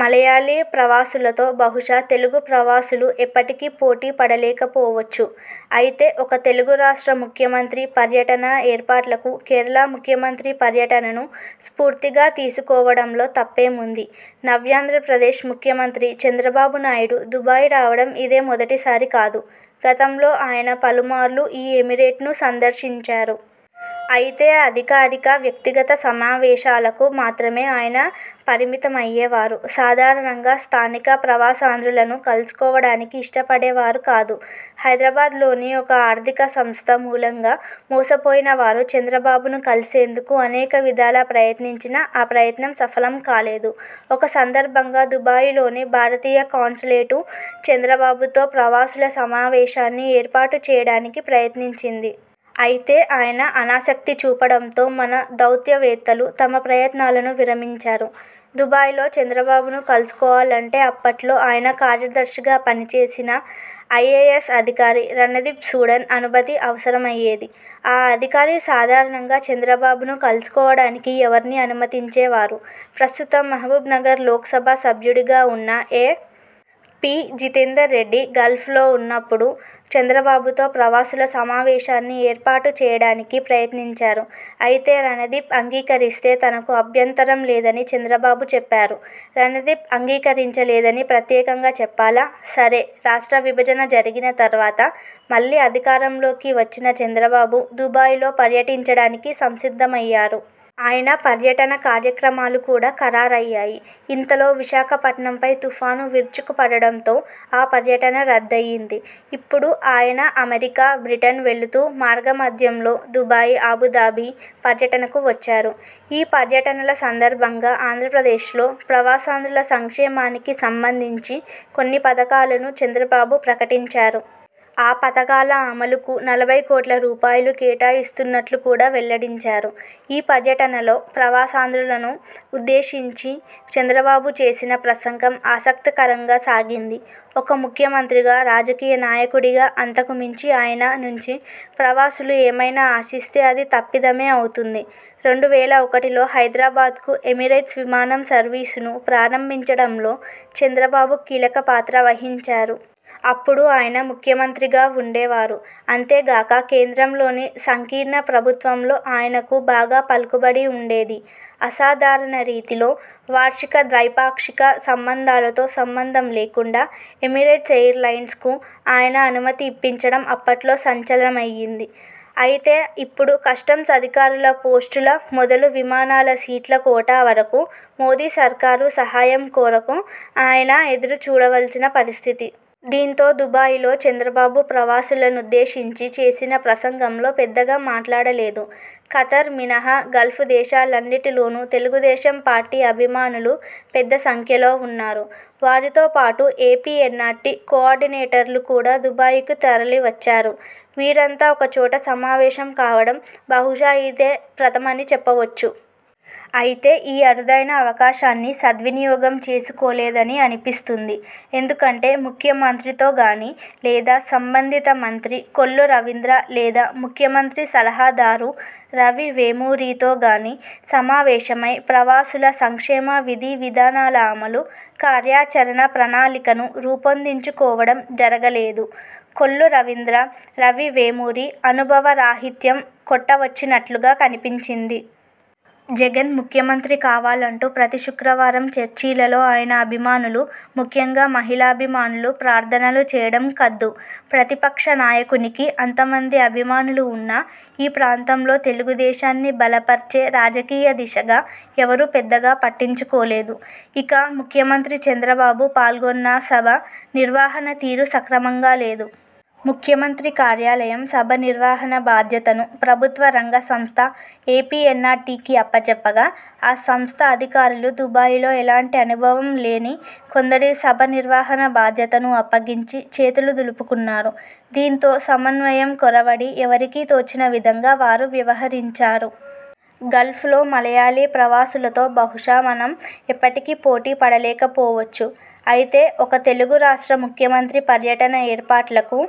మలయాళీ ప్రవాసులతో బహుశా తెలుగు ప్రవాసులు ఎప్పటికీ పోటీపడలేకపోవచ్చు. అయితే ఒక తెలుగురాష్ట్ర ముఖ్యమంత్రి పర్యటన ఏర్పాట్లకు కేరళ ముఖ్యమంత్రి పర్యటనను స్ఫూర్తిగా తీసుకోవడంలో తప్పేముంది? నవ్యాంధ్రప్రదేశ్ ముఖ్యమంత్రి చంద్రబాబు నాయుడు దుబాయి రావడం ఇదే మొదటిసారి కాదు. గతంలో ఆయన పలుమార్లు ఈ ఎమిరేట్ను సందర్శించారు. అయితే అధికారిక, వ్యక్తిగత సమావేశాలకు మాత్రమే ఆయన పరిమితమమ్యే వారు. సాధారణంగా స్థానిక ప్రవాసాంధ్రులను కలుసుకోవడానికి ఇష్టపడేవారు కాదు. హైదరాబాద్లోని ఒక ఆర్థిక సంస్థ మూలంగా మోసపోయినవారు చంద్రబాబును కలిసేందుకు అనేక విధాల ప్రయత్నించినా ఆ ప్రయత్నం సఫలం కాలేదు. ఒక సందర్భంగా దుబాయిలోని భారతీయ కాన్సులేటు, చంద్రబాబుతో ప్రవాసుల సమావేశాన్ని ఏర్పాటు చేయడానికి ప్రయత్నించింది. అయితే ఆయన ఆనాసక్తి చూపడంతో మన దౌత్యవేత్తలు తమ ప్రయత్నాలను విరమించారు. దుబాయిలో చంద్రబాబును కలుసుకోవాలంటే అప్పట్లో ఆయన కార్యదర్శిగా పని చేసిన ఐఏయస్ అధికారి రణదీప్ సూడన్ అనుమతి అవసరమయ్యేది. ఆ అధికారి సాధారణంగా చంద్రబాబును కలుసుకోవడానికి ఎవర్నీ అనుమతించే వారు. ప్రస్తుతం మహబూబ్నగర్ లోక్సభ సభ్యుడిగా ఉన్న A. P. Jitender Reddy Gulf లో ఉన్నప్పుడు చంద్రబాబుతో ప్రవాసుల సమావేశాన్ని ఏర్పాటు చేయడానికి ప్రయత్నించారు. అయితే రణదీప్ అంగీకరిస్తే తనకు అభ్యంతరం లేదని చంద్రబాబు చెప్పారు. రణదీప్ అంగీకరించలేదని ప్రత్యేకంగా చెప్పాలా? సరే, రాష్ట్ర విభజన జరిగిన తర్వాత మళ్ళీ అధికారంలోకి వచ్చిన చంద్రబాబు దుబాయిలో పర్యటించడానికి సంసిద్ధమయ్యారు. ఆయన పర్యటన కార్యక్రమాలు కూడా ఖరారయ్యాయి. ఇంతలో విశాఖపట్నంపై తుఫాను విరుచుకుపడడంతో ఆ పర్యటన రద్దయింది. ఇప్పుడు ఆయన అమెరికా, బ్రిటన్ వెళుతూ మార్గమధ్యంలో దుబాయి, ఆబుధాబి పర్యటనకు వచ్చారు. ఈ పర్యటనల సందర్భంగా అంధ్రప్రదేశ్లో, ప్రవాసాంధ్రుల సంక్షేమానికి సంబంధించి కొన్ని పథకాలను చంద్రబాబు ప్రకటించారు. ఆ పథకాల అమలుకు నలభై కోట్ల రూపాయలు కేటాయిస్తున్నట్టు కూడా వెల్లడించారు. ఈ పర్యటనలలో ప్రవాసాంధ్రులను ఉద్దేశించి చంద్రబాబు చేసిన ప్రసంగం ఆసక్తికరంగా సాగింది. ఒక ముఖ్యమంత్రిగా, రాజకీయ నాయకుడిగా అంతకుమించి ఆయన నుంచి ప్రవాసులు ఏమైనా ఆశిస్తే అది తప్పిదమే అవుతుంది. రెండు వేల ఒకటిలో హైదరాబాద్కు ఏమిరేట్స్ విమానం సర్వీసును ప్రారంభించడంలో చంద్రబాబు కీలక పాత్ర వహించారు. అప్పుడు ఆయన ముఖ్యమంత్రిగా వుండేవారు. అంతేగాక కేంద్రంలోని సంకీర్ణ ప్రభుత్వంలో ఆయనకు బాగా పలుకుబడి ఉండేది. అసాధారణ రీతిలో, వార్షిక ద్వైపాక్షిక సంబంధాలతో సంబంధం లేకుండా ఏమిరేట్స్ ఎయిర్ లయన్స్కు ఆయన అనుమతి ఇప్పించడం అప్పట్లో సంచలనమయింది. అయితే ఇప్పుడు కస్టమ్స్ అధికారుల పోస్టుల మొదలు విమానాల సీట్ల కోటా వరకు మోదీ సర్కారు సహాయం కొరకు ఆయన ఎదురు చూడవల్సిన పరిస్థితి. దీంతో దుబాయిలో చంద్రబాబు ప్రవాసుల నుద్దేశించి చేసిన ప్రసంగంలో పెద్దగా మాట్లాడలేదు. ఖతర్ మినహా గల్ఫ్ దేశాలన్నింటిలోనూ తెలుగు దేశం పార్టీ అభిమానులు పెద్ద సంఖ్యలో వున్నారు. వారితో పాటు ఏపీ ఎన్నార్టీ కో ఆర్డినేటర్లు కూడా దుబాయికు తరలి వచ్చారు. వీరంతా ఒకచోట సమావేశం కావడం బహుశా ఇదే ప్రథమని చెప్పవచ్చు. అయితే ఈ అరుదైన అవకాశాన్ని సద్వినియోగం చేసుకోలేదని అనిపిస్తుంది. ఎందుకంటే ముఖ్యమంత్రితో గానీ లేదా సంబంధిత మంత్రి కొల్లు రవీంద్ర లేదా ముఖ్యమంత్రి సలహాదారు రవి వేమూరితో గానీ సమావేశమై ప్రవాసుల సంక్షేమ విధి విధానాల అమలు, కార్యాచరణ ప్రణాళికను రూపొందించుకోవడం జరగలేదు. కొల్లు రవీంద్ర, రవి వేమూరి అనుభవరాహిత్యం కొట్టవచ్చినట్లుగా కనిపించింది. జగన్ ముఖ్యమంత్రి కావాలంటూ ప్రతి శుక్రవారం చర్చిలలో ఆయన అభిమానులు ముఖ్యంగా మహిళాభిమానులు ప్రార్థనలు చేయడం కద్దు. ప్రతిపక్ష నాయకునికి అంతమంది అభిమానులు ఉన్న ఈ ప్రాంతంలో తెలుగుదేశాన్ని బలపర్చే రాజకీయ దిశగా ఎవరు పెద్దగా పట్టించుకోలేదు. ఇక ముఖ్యమంత్రి చంద్రబాబు పాల్గొన్న సభ నిర్వహణ తీరు సక్రమంగా లేదు. ముఖ్యమంత్రి కార్యాలయం సభా నిర్వహణ బాధ్యతను ప్రభుత్వ రంగ సంస్థ ఏపీ ఎన్నార్టీ కి అప్పజెప్పగా ఆ సంస్థ అధికారులు దుబాయిలో ఏలాంటి అనుభవం లేని కొందరికి సభ నిర్వహణ బాధ్యతను అప్పగించి చేతులు దులుపుకున్నారు. దీంతో సమన్వయం కొరవడి ఎవరికి తోచిన విధంగా వారు వ్యవహరించారు. గల్ఫ్ లో మలయాళీ ప్రవాసులతో బహుశా మనం ఎప్పటికీ పోటీపడలేకపోవచ్చు. అయితే ఒక తెలుగు రాష్ట్ర ముఖ్యమంత్రి పర్యటన ఏర్పాట్లకు